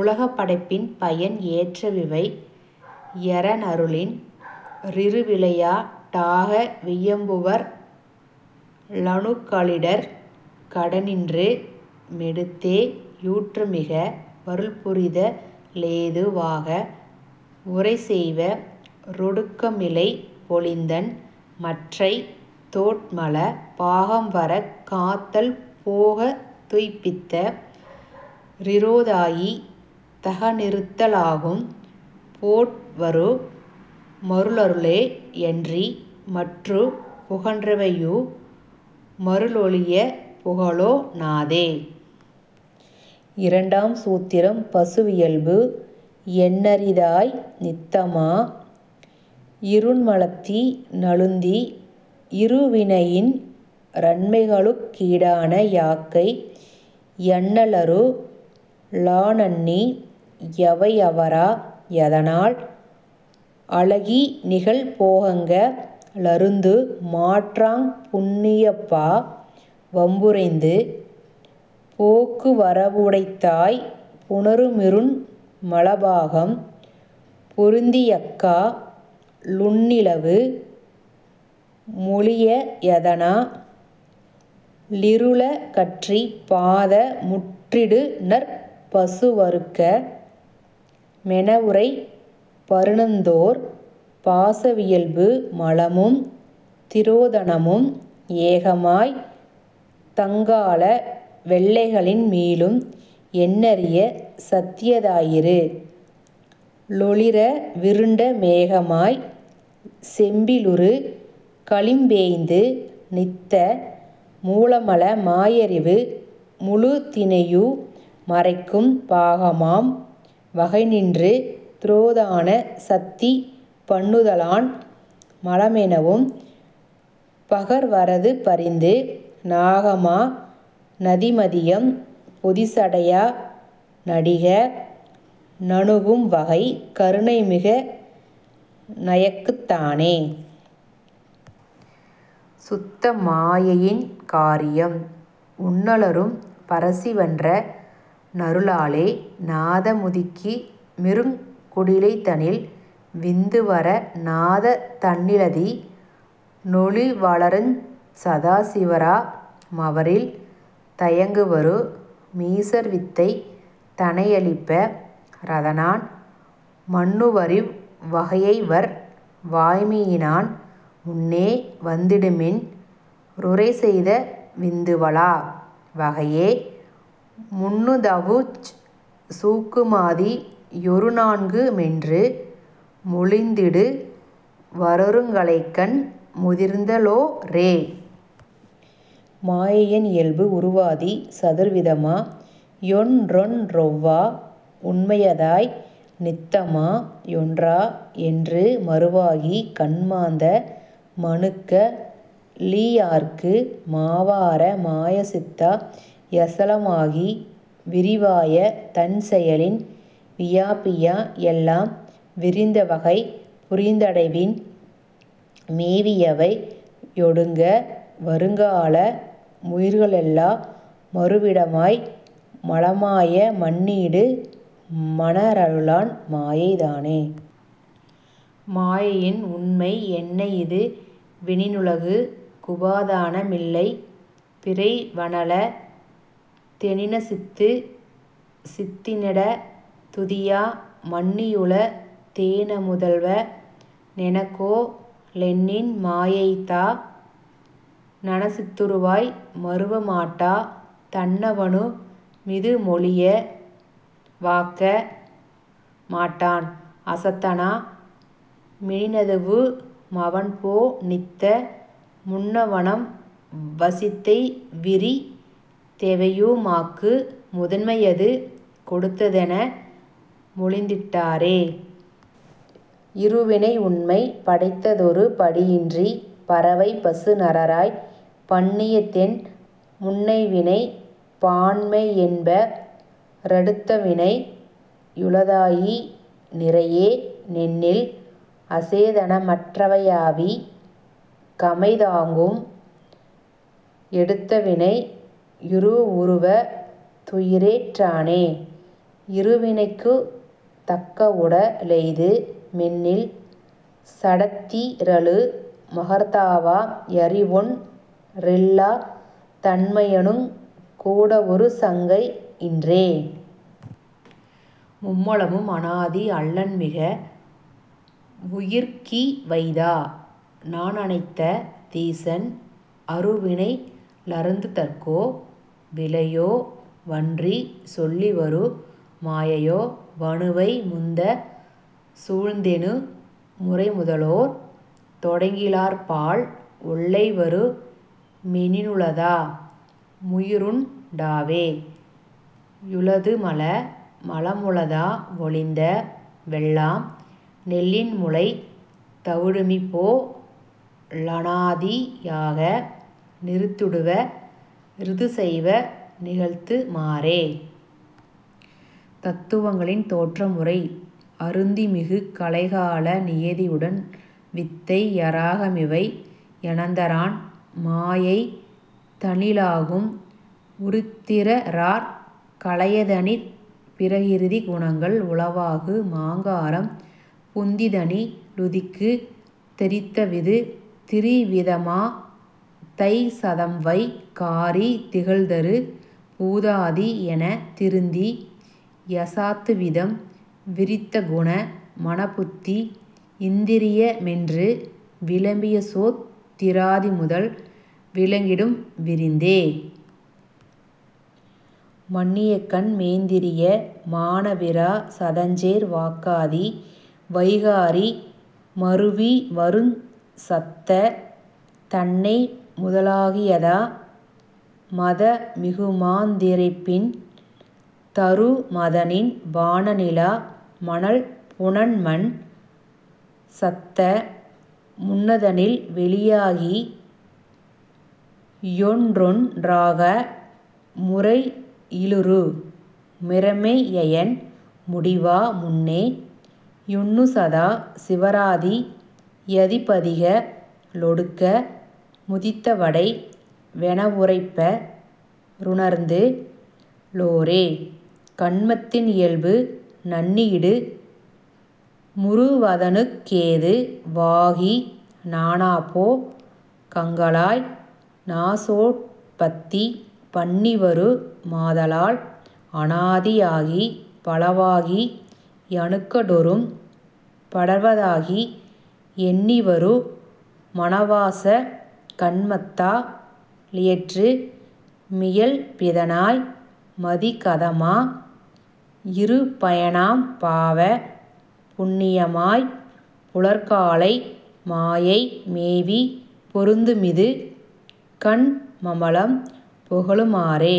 உலகப் படைப்பின் பயன் ஏற்றவிவை யரனருளின் றிருவிளையாட் டாக வியம்புவர்க ளணுக்களிடர்க் கடனின்று மெடுத்தே யூற்றமிக வருள்புரித லேது வாக வுரைசெய்வ ரொடுக்கமிளைப் பொழித்தன் மற்றைத் தோற்மல பாகம்வரக் காத்தல் போகந் துய்ப்பித்த றிரோதாயி தகநிறுத்த லாகும் போற்வரு மருளருளே யன்றி மற்றுப் புகன்றவையு மருளொழியப் புகலொ ணாதே. இரண்டாம் சூத்திரம் பசுவியல்பு எண்ணரிதாய் நித்தமா யிருண்மலத்தி னழுந்தி யிருவினையின் றன்மைகளுக் கீடான யாக்கை யண்ணலரு ளானண்ணி யவையவரா யதனால் அலகினிகழ் போகங்க ளருந்து மாற்றாற் புண்ணியபா வம்புரிந்து போக்குவரவுடைத்தாய்ப் புணருமிருண் மலபாகம் பொருந்தியக்கா லுண்ணிலவு மொளியதனா லிருளகற்றிப் பாத முற்றிடுநற் பசுவருக்க மெனவுரைப்பருணர்ந்தோர். பாச வியல்பு மலமும் திரோதனமும் ஏகமாய்த் தங்கால வெல்லைகளின் மீளும் எண்ணரிய சத்தியதாயிரு ளொளிரவிருண்ட மோகமாய்ச் செம்பிலுரு களிம்பேய்ந்து நித்த மூலமல மாயறிவு முழுதினையு மறைக்கும் பாகமாம் வகைநின்று திரோதான சத்தி பண்ணுதலான் மலமெனவும் பகர்வரது பரிந்து நாகமா நதிமதியம் பொதிசடையா னடிக ணணுகும் வகை கருணைமிக நயக்கு தானே. சுத்தமாயையின் காரியம் உன்னலரும் பரசிவன்ற னருளாலே நாத முதிக்கு மிருங் குடிலைதனில் விந்துவரு நாதந் தன்னிலதி னொளிவளருஞ் சதாசிவரா மவரில் தயங்கவரு மீசர்வித்தை தனையளிப்ப ரதனான் மன்னுவரிவ் வகையைவர் வாய்மையினான் முன்னே வந்திடுமென் றுரைசெய்த விந்துவழா வகையே முன்னுதவுஞ் சூக்குமாதி யொருநான்கு மென்று மொழிந்திடுவரருங்கலைகண் முதிர்ந்துளோரே. மாயையின் இயல்பு உருவாதி சதுர்விதமா யொன்றொன்றொவ்வா உண்மையதாய் நித்தமா யொன்றா யென்று மருவாகிக் கன்மாந்த மணுக்க ளியார்க்கு மாவார மாயசித்தா யசல மாகி விரிவாய தன்செயலின் வியாபியா யெல்லாம் விரிந்தவகை புரிந்தடைவின் மேவியவை யொடுங்க வருகால முயிர்களெல்லா மருவிடமாய் மலமாய மன்னியிடு மரனருளான் மாயை தானே. மாயையின் உண்மை என்னையிது வெனினுலகுக் குபாதான மில்லை பிறைவனல தெனினசித்துத் சித்தினிடத் துதியா மன்னியுள தேனமுதல்வ னெனகொ லென்னின் மாயைதா னசித்துருவாய் மருவ மாட்டா தன்னவனு மிதுவொழிய வாக்க மாட்டான் அசத்தனா மெனினதுவு மவன்போ னித்த முன்னவனவ் வசித்தைவிரித் தெவையு மாக்கு முதன்மையது கொடுத்ததென மொழிந்திட்டாரே. இருவினை உண்மை படைத்ததொரு படியின்றிப் பறவைபசு நரராய்ப் பண்ணியதென் முன்னைவினைப் பான்மையென்ப ரடுத்தவினை யுளதாயி னிறையே னென்னில் அசேதனமற் றவையாவிக் கமைந் தாகும் எடுத்தவினை யுறுவுறுவ துயிரேற் றானே யிருவினைக்குத் தக்கவுட லெய்து மென்னில் சடத்திரளு மகர்த்தாவா யறிவொன் றில்லாத் தன்மையனுங் கூடவொரு சங்கை யின்றே. மும்மலமும் அநாதி அல்லன்மிக வுயிர்க் கி வைதா னனைத்த தீசன் அருவினைக ளருந்துதற்கோ விளையோ வன்றிச் சொல்லிவரு மாயையோ வணுவை முந்தச் சூழ்ந்ததெனு முரைமுதலோர் தொடக்கிலார்பால் ஒல்லைவரு மெனினுளதா முயிருண் டாவே யுளதுமல மலமுளதா வொழிந்த வெல்லாம் நெல்லின்முளை தவிடுமிபோ லநாதி யாக நிறுத்திடுவ ரிதுசைவ நிகழ்த்து மாறே. தத்துவங்களின் தோற்றமுறை அருத்திமிகுங் கலைகால நியதியுடன் வித்தை யராகமிவை யனந்தரான் மாயைதனி லாகும் உருத்திரராற் கலையதனிற் பிரகிருதி குணங்கள் உளவாகு மாங்காரம் புந்திதனி லுதிக்குந் தெரித்தவிது திரிவிதமாந் தைசதம்வை காரி திகழ்தரு பூதாதி யெனத் திருந்தி யசாத்துவிதம் விரித்தகுண மனம்புத்தி யிந்திரிய மென்று விளம்பியசோத் திராதிமுதல் விளங்கியிடும் விரிந்தே! மன்னியகன் மேந்திரிய மானவிரா சதஞ்சேர் வாக்காதி வைகாரி மருவிவருஞ் சத்தந் தன்னைமுத லாகியதா மதமிகுமாத் திரைபின் தருமதனின் வானநில மனல்புனன்மண் சத்த முன்னதனில் வெளியாதி யொன்றொன் றாக முறையிலுறு மிருமையயன் முடிவா முன்னே யுன்னுசதா சிவராதி யதிபதிக ளொடுக்க முதித்தவடை வெனவுரைப்ப ருணர்ந்து ளோரே. கன்மத்தின் இயல்பு நண்ணியிடு முருவதனுக் கேது வாகி நானாபோ கங்களாய் நாசோற் பத்தி பண்ணிவரு மாதலால் அநாதி யாகிப் பலவாகி யணுக்கடொறும் படர்வதாகி யெண்ணிவரு மனவாச கன்மத்தா லியற்று மியல்பிதனாய் மதிகதமா யிருபயனாம் பாவ புண்ணியமாய்ப் புலர்காலை மாயை மேவிப் பொருந்துமிது கன்மமலம் புகலு மாறே.